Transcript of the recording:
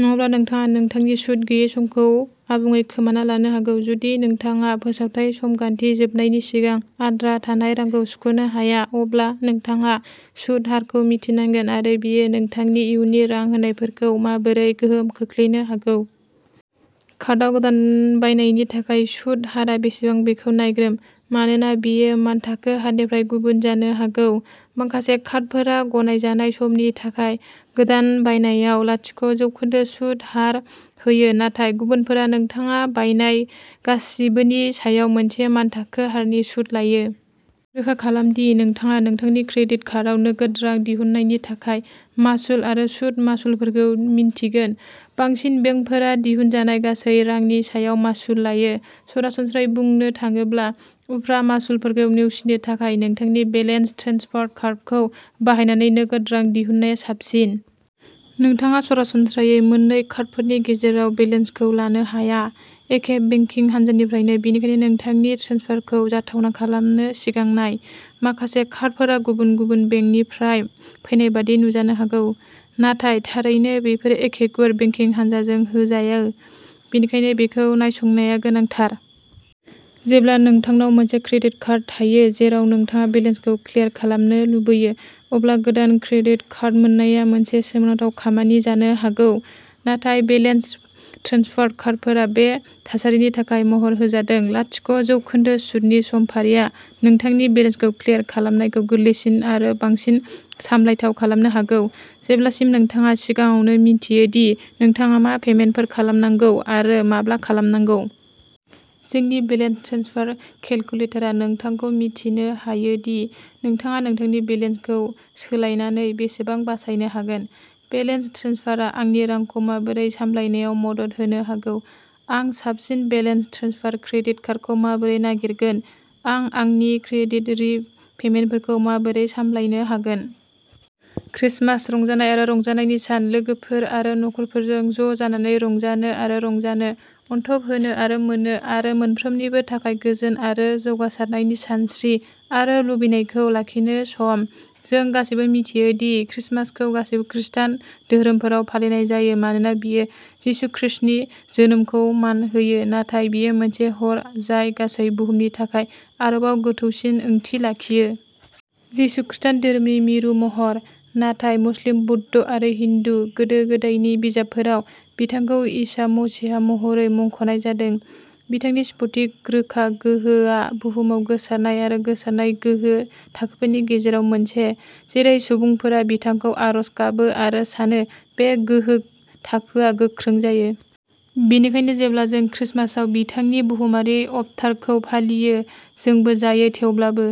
नङाब्ला नोंथाङा नोंथांनि सुद गैयै समखौ आबुङै खोमाना लानो हागौ। जुदि नोंथाङा फोसावथाय समगान्थि जोबनायनि सिगां आद्रा थानाय रांखौ सुख'नो हाया, अब्ला नोंथाङा सुद हारखौ मिथिनांगोन आरो बेयो नोंथांनि इयुननि रां होनायफोरखौ माबोरै गोहोम खोख्लैनो हागौ। कार्डआव गोदान बायनायनि थाखाय सुत हारआ बेसेबां बेखौ नायग्रोम, मानोना बेयो मानथाखो हारनिफ्राय गुबुन जानो हागौ। माखासे कार्डफोरा गनायजानाय समनि थाखाय गोदान बायनायाव लाथिक' जौखोन्दो सुत हार होयो, नाथाय गुबुनफोरा नोंथाङा बायनाय गासिबोनि सायाव मोनसे मानथाखो हारनि सुत लायो। रोखा खालाम दि नोंथाङा नोंथांनि क्रेडिट कार्डआव नोगोद रां दिहुननायनि थाखाय मासुल आरो सुद मासुलफोरखौ मिन्थिगोन। बांसिन बेंकफोरा दिहुनजानाय गासै रांनि सायाव मासुल लायो। सरासनस्रायै बुंनो थाङोब्ला, उफ्रा मासुलफोरखौ नेवसिनो थाखाय नोंथांनि बेलेन्स ट्रेन्सफार कार्डखौ बाहायनानै नोगोद रां दिहुननाया साबसिन। नोंथाङा सरासनस्रायै मोन्नै कार्डफोरनि गेजेराव बेलेन्सखौ लांनो हाया। एखे बेंकिं हानजानिफ्रायनो, बेनिखायनो नोंथांनि ट्रेन्सफारखौ जाथावना खालामनो सिगां नाय। माखासे कार्डफोरा गुबुन-गुबुन बेंकफोरनिफ्राय फैनाय बायदि नुजानो हागौ, नाथाय थारैनो बेफोरो एखे गुवार बेंकिं हानजाजों होजायो, बेनिखायनो बेखौ नायसंनाया गोनांथार। जेब्ला नोंथांनाव मोनसे क्रेडिट कार्ड थायो, जेराव नोंथाङा बेलेन्सखौ क्लियार खालामनो लुबैयो, अब्ला गोदान क्रेडिट कार्ड मोननाया मोनसे सोमोनांथाव खामानि जानो हागौ। नाथाय बेलेन्स ट्रेन्सफार कार्डफोरा बे थासारिनि थाखाय महर होजादों। लाथिक' जौखोन्दो सुतनि समफारिआ नोंथांनि बेलेन्सखौ क्लियार खालामनायखौ गोरलैसिन आरो बांसिन सामलायथाव खालामनो हागौ, जेब्लासिम नोंथाङा सिगाङावनो मिन्थियो दि नोंथाङा मा पेमेन्टफोर खालामनांगौ आरो माब्ला खालामनांगौ। जोंनि बेलेन्स ट्रेन्सफार केलकुलेटरआ नोंथांखौ मिथिनो होयो दि नोंथाङा नोंथांनि बेलेन्सखौ सोलायनानै बेसेबां बासायनो हागोन। बेलेन्स ट्रेन्सफारआ आंनि रांखौ माबोरै सामलायनायाव मदद होनो हागौ? आं साबसिन बेलेन्स ट्रेन्सफार क्रेडिट कार्डखौ माबोरै नागिरगोन? आं आंनि क्रेडिट रि-पेमेन्टफोरखौ माबोरै सामलायनो हागोन? क्रिसमास रंजानाय आरो रंजानायनि सान। लोगोफोर आरो नखरफोरजों ज'जानानै रंजानो आरो रंजानो, अनथोब होनो आरो मोन्नो, आरो साफ्रोमनिबो थाखाय गोजोन आरो जौगासारनायनि सानस्रि आरो लुबैनायखौ लाखिनो सम। जों गासैबो मिथियो दि क्रिसमासखौ गासैबो खृस्टान हादोरफोराव फालिनाय जायो मानोना बेयो जिसु खृस्टनि जोनोमखौ मान होयो, नाथाय बेयो मोनसे हर जाय गासै बुहुमनि थाखाय आरोबाव गोथौसिन ओंथि लाखियो। जिसु खृस्टान धोरोमनि मिरु महर, नाथाय मुस्लिम, बौद्ध आरो हिन्दु गोदो गोदायनि बिजाबफोराव बिथांखौ इसा मसीहा महरै मुंख'नाय जादों। बिथांनि स्फटिक रोखा गोहो आ बुहुमाव गोसारनाय आरो गोसारनाय गोहो थाखोफोरनि गेजेराव मोनसे। जेरै-जेरै सुबुंफोरा बिथांखौ आरज गाबो आरो सानो, बे गोहो थाखोआ गोख्रों जायो। बेनिखायनो जेब्ला जों क्रिसमासआव बिथांनि बुहुमारि अबतारखौ फालियो, जोंबो जायो, थेवब्लाबो।